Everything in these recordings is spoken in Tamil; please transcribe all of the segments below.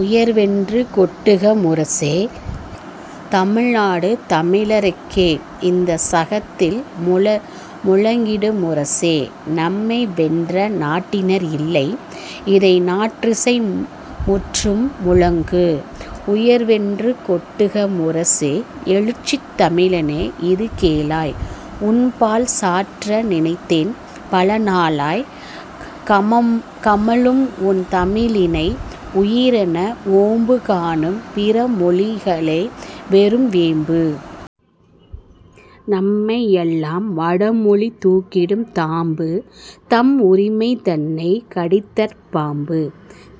உயர்வென்று கொட்டுக முரசே! தமிழ்நாடு தமிழருக் கெ -- இந்தச் சகத்தில் முழக்கிடு முரசே! நமைவென்ற நாட்டினர் இல்லை -- இதை நாற்றிசை முற்றும் முழக்கு! உயர்வென்று கொட்டுக முரசே! எழுச்சி தமிழனே இது கேளாய் -- உன்பால் சாற்ற நினைத்தேன் பல நாளாய்! கமழும் உன் தமிழினை உயிரென ஓம்பு காணும் பிற மொழிக ளோவெறும் வேம்பு! நமையெலாம் வடமொழி தூக்கிடும் தாம்பு நம்உரி மைதனைக் கடித்ததப் பாம்பு!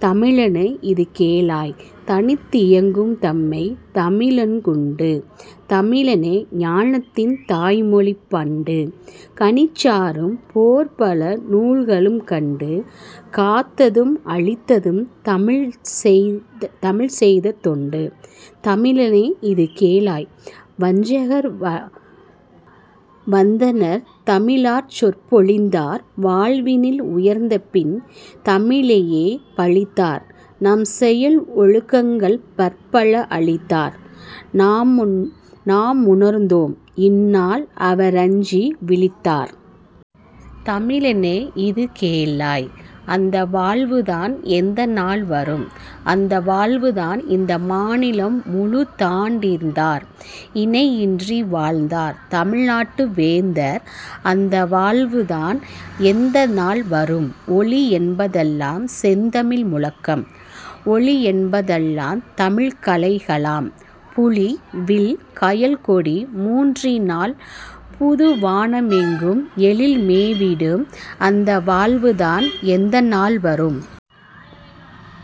தமிழனே இது கேளாய் தனித்தியங் கும்தன்மை தமிழினுக் குண்டு; தமிழே ஞாலத்தில் தாய்மொழி பண்டு! கனிச்சாறு போற்பல நூலெலாம் கண்டு காத்ததும் அளித்ததும் தமிழ்செய்த தொண்டு. தமிழனே இது கேளாய் வஞ்சகர் வந்தவர் தமிழாற் செழித்தார் வாழ்வினில் உயர்ந்தபின் தமிழையே பழித்தார் நம்செயல் ஒழுக்கங்கள் பற்பல அழித்தார் நாமுணர்ந்தோம்; இந்நாள் அவரஞ்சி விழித்தார். தமிழனே இது கேளாய் அந்த வாழ்வுதான் எந்தநாள் வரும்? அந்த வாழ்வுதான் இந்த மாநிலம் முழுதாண் டிருந்தார் இணையின்றி வாழ்ந்தார் தமிழ்நாட்டு வேந்தர் அந்த வாழ்வுதான் எந்தநாள் வரும்? ஒலி என்பதெல்லாம் செந்தமிழ் முழக்கம்; ஒளி என்பதெல்லாம் தமிழ்க் கலைகளாம்! புலி, வில், கயல் கொடி மூன்றினால் புது வானமெங்கும் எழில் மேவிடும் அந்த வாழ்வுதான் எந்தநாள் வரும்?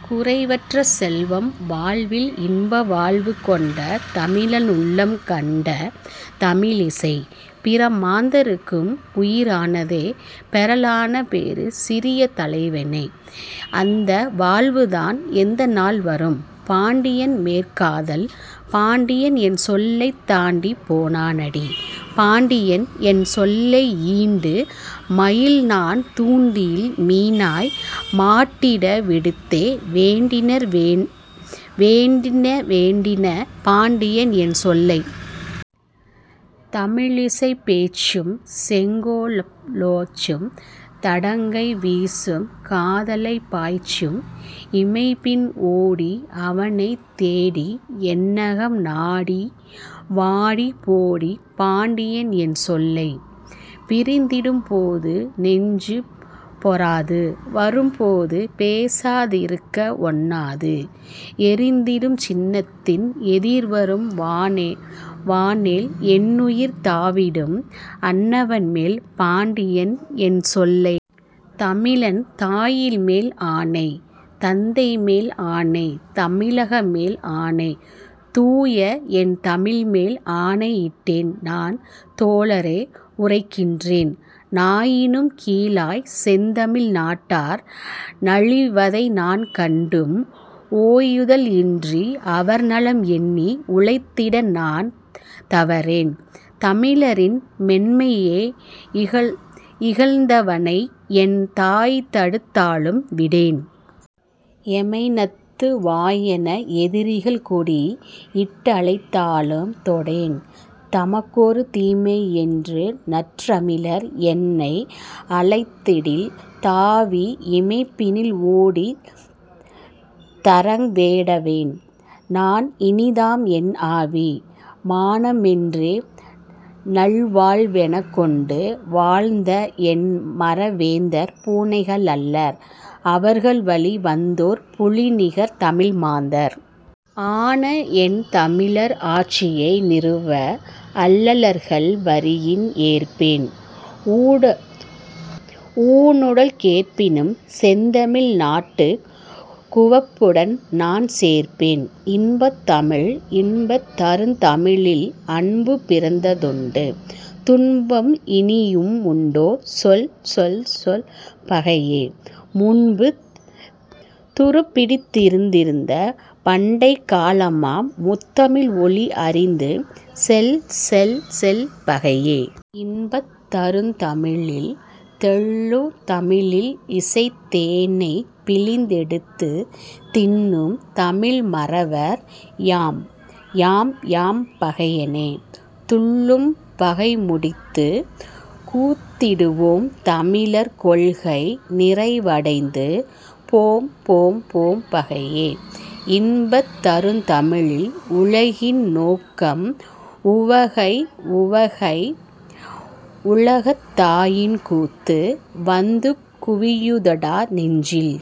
குறைவற்ற செல்வம், வாழ்வில் இன்பவாழ்வு கொண்ட தமிழனுள்ளம் கண்ட தமிழிசை. பிற மாந்தர்க்கும் உயி ரானதே பெறலான பேறு சிறி தல்லவே! அந்த வாழ்வுதான் எந்தநாள் வரும்? பாண்டியன்மேற் காதல் பாண்டியன் என் சொல்லைத் தாண்டிப் போனாண்டி, பாண்டியன் என் சொல்லை... ஈண்டு மயலில்நான் தூண்டிலில் மீனாய் மாண்டிட விடுத்தே வேண்டிட வேண்டிட, பாண்டியன் என் சொல்லை... தமிழிசைப் பேச்சும், செங்கோலோச்சும்; தடக்கை வீச்சும், காதலைப் பாய்ச்சும், இமைப்பினில் ஓடி அவனைத் தேடி என்னகம் நாடி வாடிபோடி பாண்டியன் என் சொல்லை... பிரிந்திடும் போது நெஞ்சு பொறாது; வரும்போது பேசா திருக்க ஒண்ணாது எரிந்திடும் சினத்தில் எதிர்வரு வானேல் என்னுயிர் தாவிடும் அன்னவன் மேல் பாண்டியன் என் சொல்லை... தமிழன் தாயின்மேல் ஆணை! தந்தைமேல் ஆணை! தமிழகமேல் ஆணை! தூயஎன் தமிழ்மேல் ஆணையிட்டே நான் தோழரே உரைக்கின்றேன்: நாயினும் கீழாய்ச் செந்தமிழ் நாட்டார் நலிவதை நான் கண்டும், ஓயுதல் இன்றி அவர் நலம் எண்ணி உழைத்திட நான் தவறேன். தமிழரின் மேன்மையை இகழ்ந்தவ னைஎன் தாய்தடுத் தாலும் விடேன்! எமைநத்து வாயென எதிரிகள் கோடி இட்டழைத் தாலும் தொடேன்! "தமக்கொரு தீமை" என்று நற்றமிழர் எனைஅழைத்திடில் தாவி இமைப்பினில் ஓடித் தரக்கடவேன் நான் இனிதாம் என் ஆவி! மானமொன்றே நல் வாழ்வெனக் கொண்டு வாழ்ந்தஎன் மற வேந்தர் பூனைகள் அல்லர்; அவர்வழி வந்தோர் புலிநிகர் தமிழ் மாந்தர்! ஆனஎன் தமிழர் ஆட்சியை நிறுவ அல்லல்கள் வரின் ஏற்பேன்! ஊனுடல் கேட்பினும் செந்தமிழ் நாட்டுக் குவப்புடன் நான் சேர்ப்பேன்! இன்பத் தமிழ் இன்பந் தருந்தமிழில் அன்பு பிறந்ததுண்டு; துன்பம் இனியு முண்டோ சொல் சொல் சொல் பகையே! முன்பு துருப்பிடித்தி ருந்த படைக்கலமாம் முத்தமிழ் ஒளி அறிந்து செல் செல் செல் பகையே! இன்பந் தருந்தமிழில்... தெள்ளு தமிழில்இசைத் தேனைப் பிழிந்தெடுத்துத் தின்னும் தமிழ் மறவர் யாம் யாம் யாம் பகையே! துள்ளும் பகைமுடித்துக் கூத்திடுவோம் தமிழர் கொள்கை நிறைவ டைந்து போம் போம் போம் பகையே! இன்பந் தருந்தமிழில்... உலகின் நோக்கம் உவகை உவகை உலகத்தாயின் கூத்து! -- வந்து குவியுதடா நெஞ்சில்